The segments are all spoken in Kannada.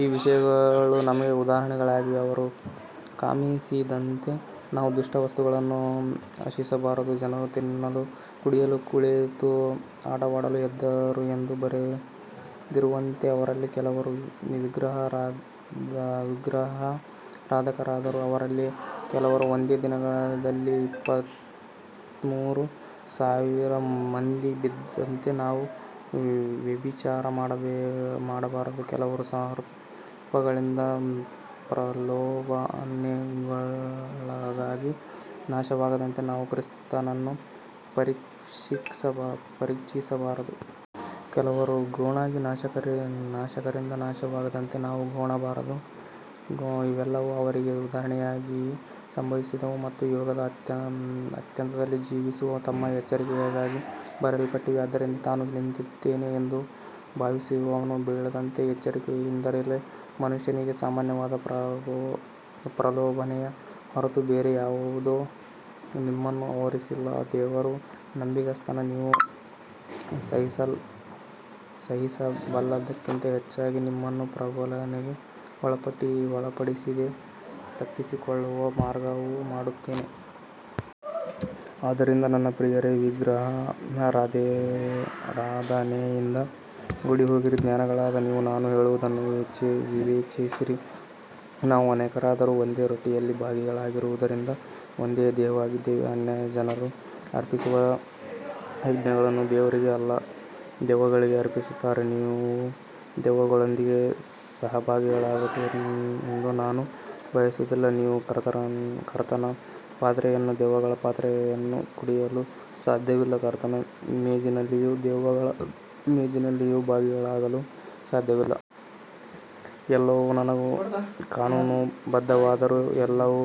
ಈ ವಿಷಯಗಳು ನಮಗೆ ಉದಾಹರಣೆಗಳಾಗಿವೆ, ಅವರು ಕಾಮಿಸಿದಂತೆ ನಾವು ದುಷ್ಟ ವಸ್ತುಗಳನ್ನು ಆಶಿಸಬಾರದು. ಜನರು ತಿನ್ನಲು ಕುಡಿಯಲು ಕುಳಿತು ಆಟವಾಡಲು ಎದ್ದರು ಎಂದು ಬರೆದಿರುವಂತೆ ಅವರಲ್ಲಿ ಕೆಲವರು ವಿಗ್ರಹಾರಾಧಕರಾದರು. ಅವರಲ್ಲಿ ಕೆಲವರು ಒಂದೇ ದಿನದಲ್ಲಿ ಇಪ್ಪತ್ತ್ಮೂರು ಸಾವಿರ ಮಂದಿ ಬಿದ್ದಂತೆ ನಾವು ವ್ಯಭಿಚಾರ ಮಾಡಬಾರದು. ಕೆಲವರು ಸರ್ಪಗಳಿಂದ ಪ್ರಲೋಭನೆಗೊಳಗಾಗಿ ನಾಶವಾದಂತೆ ನಾವು ಕ್ರಿಸ್ತನನ್ನು ಪರೀಕ್ಷಿಸಬಾರದು. ಕೆಲವರು ಗೊಣಗಿ ನಾಶಕರಿಂದ ನಾಶವಾದಂತೆ ನಾವು ಗೊಣಗಬಾರದು. ಇವೆಲ್ಲವೂ ಅವರಿಗೆ ಉದಾಹರಣೆಯಾಗಿ ಸಂಭವಿಸಿದವು ಮತ್ತು ಯುಗದ ಅಂತ್ಯದಲ್ಲಿ ಜೀವಿಸುವ ನಮ್ಮ ಎಚ್ಚರಿಕೆಗಾಗಿ ಬರೆಯಲ್ಪಟ್ಟಿವೆ. ಆದ್ದರಿಂದ ತಾನು ನಿಂತಿದ್ದೇನೆ ಎಂದು ಭಾವಿಸುವವನು ಬೀಳದಂತೆ ಎಚ್ಚರಿಕೆಯಿಂದಿರಲಿ. ಮನುಷ್ಯನಿಗೆ ಸಾಮಾನ್ಯವಾದ ಪ್ರಲೋಭನೆಯ ಹೊರತು ಬೇರೆ ಯಾವುದೂ ನಿಮ್ಮನ್ನು ಆವರಿಸಿಲ್ಲ. ದೇವರು ನಂಬಿಗಸ್ತನು, ನೀವು ಸಹಿಸಬಲ್ಲದಕ್ಕಿಂತ ಹೆಚ್ಚಾಗಿ ನಿಮ್ಮನ್ನು ಪ್ರಲೋಭನೆಗೆ ಒಳಪಡಿಸದೆ, ತಪ್ಪಿಸಿಕೊಳ್ಳುವ ಮಾರ್ಗವನ್ನೂ ಮಾಡುತ್ತಾನೆ. ಆದ್ದರಿಂದ ನನ್ನ ಪ್ರಿಯರೇ, ವಿಗ್ರಹಾರಾಧನೆಯಿಂದ ಓಡಿಹೋಗಿರಿ. ಜ್ಞಾನಿಗಳಾದ ನೀವು ನಾನು ಹೇಳುವುದನ್ನು ವಿವೇಚಿಸಿರಿ. ನಾವು ಅನೇಕರಾದರೂ ಒಂದೇ ರೊಟ್ಟಿಯಲ್ಲಿ ಭಾಗಿಗಳಾಗಿರುವುದರಿಂದ ಒಂದೇ ದೇಹವಾಗಿದ್ದೇವೆ. ಅನ್ಯಜನರು ಅರ್ಪಿಸುವ ಯಜ್ಞಗಳನ್ನು ದೇವರಿಗೆ ಅಲ್ಲ, ದೆವ್ವಗಳಿಗೆ ಅರ್ಪಿಸುತ್ತಾರೆ. ನೀವು ದೆವ್ವಗಳೊಂದಿಗೆ ಸಹಭಾಗಿಗಳಾಗಬೇಕೆಂದು ನಾನು ಬಯಸುವುದಿಲ್ಲ. ನೀವು ಕರ್ತನ ಪಾತ್ರೆಯನ್ನೂ ದೆವ್ವಗಳ ಪಾತ್ರೆಯನ್ನೂ ಕುಡಿಯಲು ಸಾಧ್ಯವಿಲ್ಲ, ಕರ್ತನ ಮೇಜಿನಲ್ಲಿಯೂ ದೆವ್ವಗಳ ಮೇಜಿನಲ್ಲಿಯೂ ಭಾಗಿಗಳಾಗಲು ಸಾಧ್ಯವಿಲ್ಲ. ಎಲ್ಲವೂ ನನಗೆ ಕಾನೂನುಬದ್ಧವಾದರೂ ಎಲ್ಲವೂ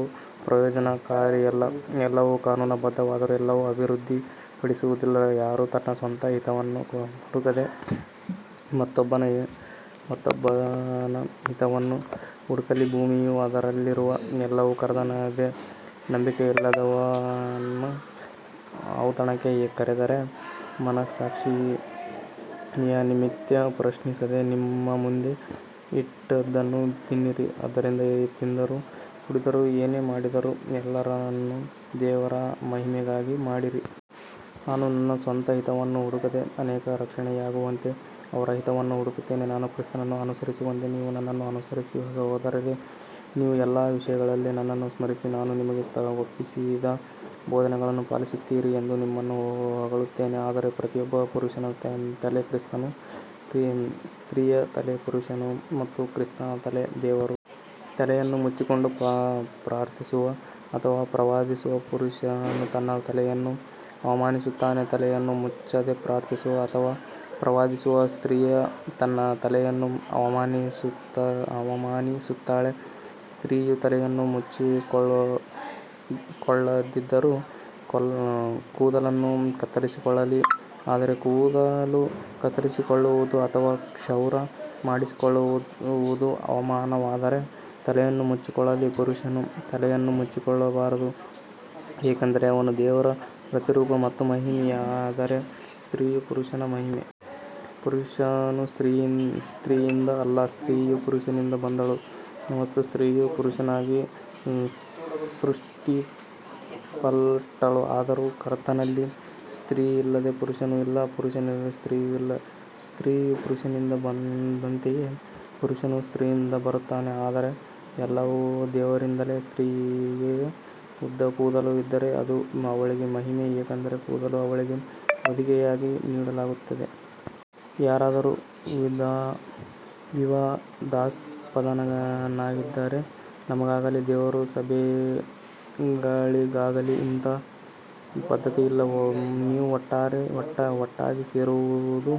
ಪ್ರಯೋಜನಕಾರಿಯಲ್ಲ, ಎಲ್ಲವೂ ಕಾನೂನುಬದ್ಧವಾದರೂ ಎಲ್ಲವೂ ಅಭಿವೃದ್ಧಿಪಡಿಸುವುದಿಲ್ಲ. ಯಾರೂ ತನ್ನ ಸ್ವಂತ ಹಿತವನ್ನು ಹುಡುಕದೆ, ಮತ್ತೊಬ್ಬನ ಹಿತವನ್ನು ಹುಡುಕಲಿ. ಭೂಮಿಯೂ ಅದರಲ್ಲಿರುವ ಎಲ್ಲವೂ ಕರ್ತನದೇ. ನಂಬಿಕೆಯಿಲ್ಲದವನು ಔತಣಕ್ಕೆ ಕರೆದರೆ, ಮನಸ್ಸಾಕ್ಷಿಯ ನಿಮಿತ್ತ ಪ್ರಶ್ನಿಸದೆ ನಿಮ್ಮ ಮುಂದೆ ಇಟ್ಟದ್ದನ್ನು ತಿನ್ನಿರಿ. ಆದ್ದರಿಂದ ತಿಂದರೂ ಕುಡಿದರೂ ಏನೇ ಮಾಡಿದರೂ ಎಲ್ಲವನ್ನೂ ದೇವರ ಮಹಿಮೆಗಾಗಿ ಮಾಡಿರಿ. ನಾನು ನನ್ನ ಸ್ವಂತ ಹಿತವನ್ನು ಹುಡುಕದೆ ಅನೇಕರ ರಕ್ಷಣೆಯಾಗುವಂತೆ ಅವರ ಹಿತವನ್ನು ಹುಡುಕುತ್ತೇನೆ. ನಾನು ಕ್ರಿಸ್ತನನ್ನು ಅನುಸರಿಸುವಂತೆ ನೀವು ನನ್ನನ್ನು ಅನುಸರಿಸಿರಿ. ಸಹೋದರರೇ, ನೀವು ಎಲ್ಲ ವಿಷಯಗಳಲ್ಲಿ ನನ್ನನ್ನು ಸ್ಮರಿಸಿ, ನಾನು ನಿಮಗೆ ಒಪ್ಪಿಸಿದ ಬೋಧನೆಗಳನ್ನು ಪಾಲಿಸುತ್ತೀರಿ ಎಂದು ನಿಮ್ಮನ್ನು ಹೊಗಳುತ್ತೇನೆ. ಆದರೆ ಪ್ರತಿಯೊಬ್ಬ ಪುರುಷನ ತಲೆ ಕ್ರಿಸ್ತನು, ಸ್ತ್ರೀಯ ತಲೆ ಪುರುಷನು ಮತ್ತು ಕ್ರಿಸ್ತನ ತಲೆ ದೇವರು. ತಲೆಯನ್ನು ಮುಚ್ಚಿಕೊಂಡು ಪ್ರಾರ್ಥಿಸುವ ಅಥವಾ ಪ್ರವಾದಿಸುವ ಪುರುಷನು ತನ್ನ ತಲೆಯನ್ನು ಅವಮಾನಿಸುತ್ತಾನೆ. ತಲೆಯನ್ನು ಮುಚ್ಚದೆ ಪ್ರಾರ್ಥಿಸುವ ಅಥವಾ ಪ್ರವಾದಿಸುವ ಸ್ತ್ರೀಯು ತನ್ನ ತಲೆಯನ್ನು ಅವಮಾನಿಸುತ್ತಾಳೆ. ಸ್ತ್ರೀಯು ತಲೆಯನ್ನು ಮುಚ್ಚಿಕೊಳ್ಳದಿದ್ದರೆ ಕೂದಲನ್ನು ಕತ್ತರಿಸಿಕೊಳ್ಳಲಿ, ಆದರೆ ಕೂದಲು ಕತ್ತರಿಸಿಕೊಳ್ಳುವುದು ಅಥವಾ ಕ್ಷೌರ ಮಾಡಿಸಿಕೊಳ್ಳುವುದು ಅವಮಾನವಾದರೆ ತಲೆಯನ್ನು ಮುಚ್ಚಿಕೊಳ್ಳಲಿ. ಪುರುಷನು ತಲೆಯನ್ನು ಮುಚ್ಚಿಕೊಳ್ಳಬಾರದು, ಏಕೆಂದರೆ ಅವನು ದೇವರ ಪ್ರತಿರೂಪ ಮತ್ತು ಮಹಿಮೆ, ಆದರೆ ಸ್ತ್ರೀಯು ಪುರುಷನ ಮಹಿಮೆ. ಪುರುಷನು ಸ್ತ್ರೀಯಿಂದ ಅಲ್ಲ, ಸ್ತ್ರೀಯು ಪುರುಷನಿಂದ ಬಂದಳು, ಮತ್ತು ಸ್ತ್ರೀಯು ಪುರುಷನಿಗಾಗಿ ಸೃಷ್ಟಿಸಲ್ಪಟ್ಟಳು. ಆದರೂ ಕರ್ತನಲ್ಲಿ ಸ್ತ್ರೀಯಿಲ್ಲದೆ ಪುರುಷನೂ ಇಲ್ಲ, ಪುರುಷನಿಲ್ಲದೆ ಸ್ತ್ರೀಯೂ ಇಲ್ಲ. ಸ್ತ್ರೀಯು ಪುರುಷನಿಂದ ಬಂದಂತೆಯೇ ಪುರುಷನು ಸ್ತ್ರೀಯಿಂದ ಬರುತ್ತಾನೆ, ಆದರೆ ಎಲ್ಲವೂ ದೇವರಿಂದಲೇ. ಸ್ತ್ರೀಯಿಗೆ ಉದ್ದ ಕೂದಲು ಇದ್ದರೆ ಅದು ಅವಳಿಗೆ ಮಹಿಮೆ, ಏಕೆಂದರೆ ಕೂದಲು ಅವಳಿಗೆ ಹೊದಿಕೆಯಾಗಿ ನೀಡಲಾಗಿದೆ. ಯಾರಾದರೂ ವಿವಾದಾಸ್ಪದನಾಗಿದ್ದರೆ ನಮಗಾಗಲಿ ದೇವರ ಸಭೆಗಳಿಗಾಗಲಿ ಇಂಥ ಪದ್ಧತಿ ಇಲ್ಲ. ನೀವು ಒಟ್ಟಾಗಿ ಸೇರುವುದು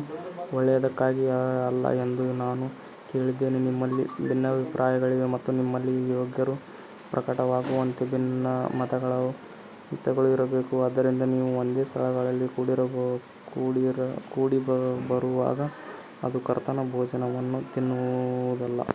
ಒಳ್ಳೆಯದಕ್ಕಾಗಿ ಅಲ್ಲ ಎಂದು ನಾನು ಕೇಳಿದ್ದೇನೆ. ನಿಮ್ಮಲ್ಲಿ ಭಿನ್ನಾಭಿಪ್ರಾಯಗಳಿವೆ ಮತ್ತು ನಿಮ್ಮಲ್ಲಿ ಯೋಗ್ಯರು ಪ್ರಕಟವಾಗುವಂತೆ ಭಿನ್ನಮತಗಳೂ ಇರಬೇಕು. ಆದ್ದರಿಂದ ನೀವು ಒಂದೇ ಸ್ಥಳದಲ್ಲಿ ಕೂಡಿಬರುವಾಗ ಅದು ಕರ್ತನ ಭೋಜನವನ್ನು ತಿನ್ನುವುದಲ್ಲ.